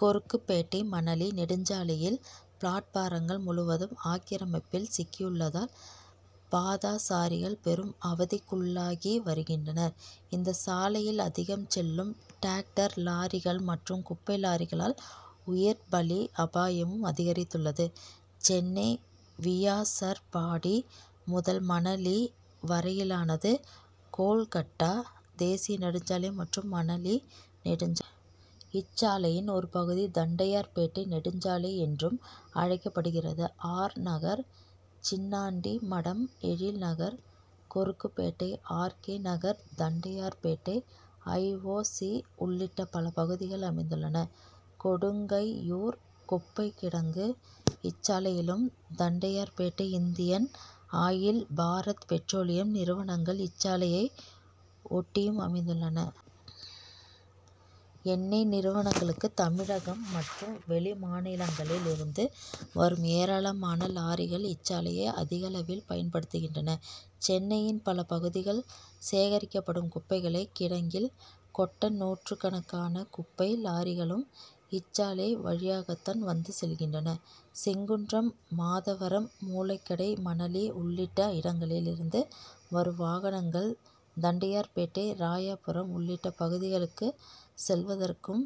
கொருக்குப்பேட்டை மணலி நெடுஞ்சாலையில் பிளாட்பாரங்கள் முழுவதும் ஆக்கிரமிப்பில் சிக்கியுள்ளதால் பாதசாரிகள் பெரும் அவதிக்குள்ளாகிவருகின்றனர். இந்த சாலையில் அதிகம் செல்லும் டேங்கர் லாரிகள் மற்றும் குப்பை லாரிகளால் உயிர்பலி அபாயமும் அதிகரித்துள்ளது. சென்னை வியாசர்பாடி முதல் மணலி வரையிலானது கோல்கட்டா தேசிய நெடுஞ்சாலை மற்றும் மணலி நெடுஞ்சாலை. இச்சாலையின் ஒரு பகுதி தண்டையார்பேட்டை நெடுஞ்சாலை என்றும் அழைக்கப்படுகிறது. ஆர். நகர், சின்னான்டி மடம், Ezhil Nagar, Korukkupet, R. K. Nagar, Tondiarpet, I. O. C. உள்ளிட்ட பல பகுதிகள் அமைந்துள்ளன. கொடுங்கையூர் குப்பைக் கிடங்கு இச்சாலையிலும், Tondiarpet Indian Oil, Bharat Petroleum நிறுவனங்கள் இச்சாலையை ஒட்டியும் அமைந்துள்ளன. எண்ணெய் நிறுவனங்களுக்கு தமிழகம் மற்றும் வெளிமாநிலங்களில் இருந்து வரும் ஏராளமான லாரிகள் இச்சாலையை அதிகளவில் பயன்படுத்துகின்றன. சென்னையின் பல பகுதிகளில் சேகரிக்கப்படும் குப்பைகளை கிடங்கில் கொட்ட நூற்றுக்கணக்கான குப்பை லாரிகளும் இச்சாலை வழியாகத்தான் வந்து செல்கின்றன. செங்குன்றம், மாதவரம், மூலக்கடை, மணலி உள்ளிட்ட இடங்களில் இருந்து வரும் வாகனங்கள் தண்டையார்பேட்டை, ராயபுரம் உள்ளிட்ட பகுதிகளுக்கு செல்வதற்கும்,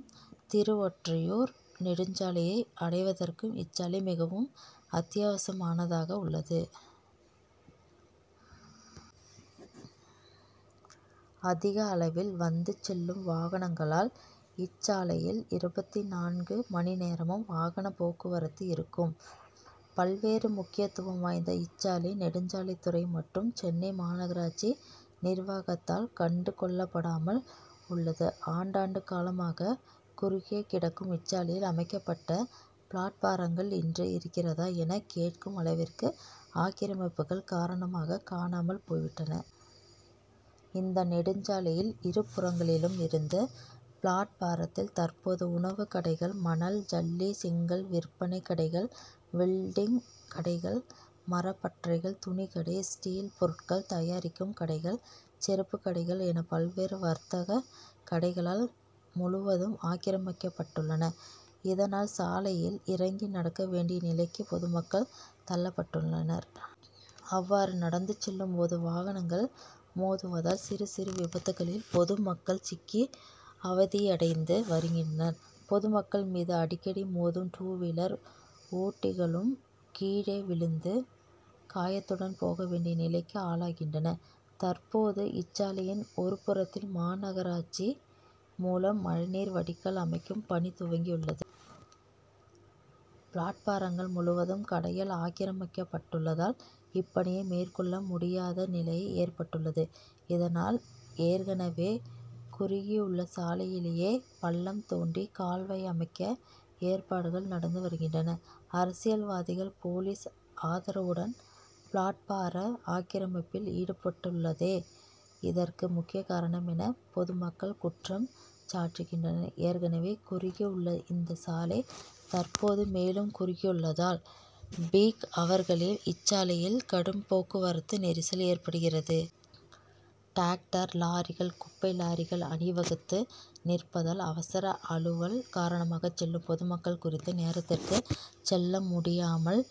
திருவொற்றியூர் நெடுஞ்சாலையை அடைவதற்கும் இச்சாலை மிகவும் அத்தியாவசியமானதாக உள்ளது. அதிகளவில் வந்து செல்லும் வாகனங்களால் இச்சாலையில் இருபத்து நான்கு மணி நேரமும் வாகனப் போக்குவரத்து இருக்கும். பல்வேறு முக்கியத்துவம் வாய்ந்த இச்சாலை, நெடுஞ்சாலைத்துறை மற்றும் சென்னை மாநகராட்சி நிர்வாகத்தால் கண்டுகொள்ளப்படாமல் உள்ளது. ஆண்டாண்டு காலமாக குறுகியே கிடக்கும் இச்சாலையில் அமைக்கப்பட்ட பிளாட்பாரங்கள் இன்று இருக்கிறதா என கேட்கும் அளவிற்கு ஆக்கிரமிப்புகள் காரணமாக காணாமல் போய்விட்டன. இந்த நெடுஞ்சாலையின் இரு புறங்களிலும் இருந்த பிளாட்பாரத்தில் தற்போது உணவுக் கடைகள், மணல், ஜல்லி, செங்கல் விற்பனைக் கடைகள், வெல்டிங் கடைகள், மரப் பட்டறைகள், துணிக்கடை, ஸ்டீல் பொருட்கள் தயாரிக்கும் கடைகள், செருப்புக் கடைகள் என பல்வேறு வர்த்தகக் கடைகளால் முழுவதும் ஆக்கிரமிக்கப்பட்டுள்ளன. இதனால் சாலையில் இறங்கி நடக்க வேண்டிய நிலைக்கு பொதுமக்கள் தள்ளப்பட்டுள்ளனர். அவ்வாறு நடந்து செல்லும்போது வாகனங்கள் மோதுவதால் சிறுசிறு விபத்துகளில் பொது மக்கள் சிக்கி அவதியடைந்து வருகின்றனர். பொதுமக்கள் மீது அடிக்கடி மோதும் டூவீலர் ஓட்டிகளும் கீழே விழுந்து காயத்துடன் போக வேண்டிய நிலைக்கு ஆளாகின்றனர். தற்போது இச்சாலையின் ஒருபுறத்தில் மாநகராட்சி மூலம் மழைநீர் வடிகால் அமைக்கும் பணி துவங்கியுள்ளது. பிளாட்பாரங்கள் முழுவதும் கடையால் ஆக்கிரமிக்கப்பட்டுள்ளதால் இப்பணியை மேற்கொள்ள முடியாத நிலை ஏற்பட்டுள்ளது. இதனால் ஏற்கனவே குறுகியுள்ள சாலையிலேயே பள்ளம்தோண்டி கால்வாய் அமைக்க ஏற்பாடுகள் நடந்து வருகின்றன. அரசியல்வாதிகள், போலீஸ் ஆதரவுடன் பிளாட்பார ஆக்கிரமிப்பில் ஈடுபட்டுள்ளதே இதற்கு முக்கிய காரணம் என பொதுமக்கள் குற்றம் சாட்டுகின்றனர். ஏற்கனவே குறுகியுள்ள இந்த சாலை தற்போது மேலும் குறுகியுள்ளதால் பீக் -அவர்களில் இச்சாலையில் கடும்போக்குவரத்து நெரிசல் ஏற்படுகிறது. டேங்கர் லாரிகள், குப்பை லாரிகள் அணிவகுத்து நிற்பதால் அவசர அலுவல் காரணமாக செல்லும் பொதுமக்கள் குறித்த நேரத்திற்கு செல்ல முடியாமல்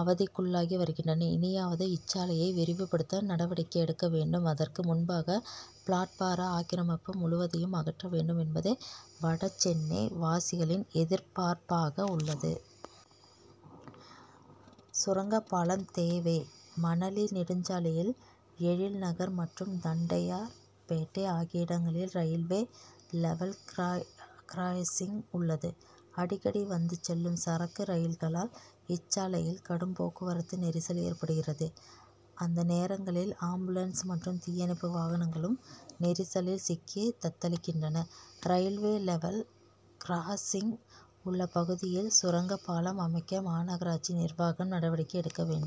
அவதிக்குள்ளாகி வருகின்றனர். இனியாவது இச்சாலையை விரிவுபடுத்த நடவடிக்கை எடுக்க வேண்டும். அதற்கு முன்பாக பிளாட்பார ஆக்கிரமிப்பு முழுவதையும் அகற்றவேண்டும் என்பதே வடசென்னை வாசிகளின் எதிர்பார்ப்பாக உள்ளது. சுரங்கப்பாலம் தேவை! மணலி நெடுஞ்சாலையில் எழில்நகர் மற்றும் தண்டையார்பேட்டை ஆகிய இடங்களில் ரயில்வே லெவல் கிராசிங் உள்ளது. அடிக்கடி வந்து செல்லும் சரக்கு ரயில்களால் இச்சாலையில் கடும்போக்குவரத்து நெரிசல் ஏற்படுகிறது. அந்த நேரங்களில் ஆம்புலன்ஸ் மற்றும் தீயணைப்பு வாகனங்களும் நெரிசலில் சிக்கி தத்தளிக்கின்றன. ரயில்வே லெவல் கிராசிங் உள்ள பகுதிகளில் சுரங்க பாலம் அமைக்க மாநகராட்சி நிர்வாகம் நடவடிக்கை எடுக்கவேண்டும்.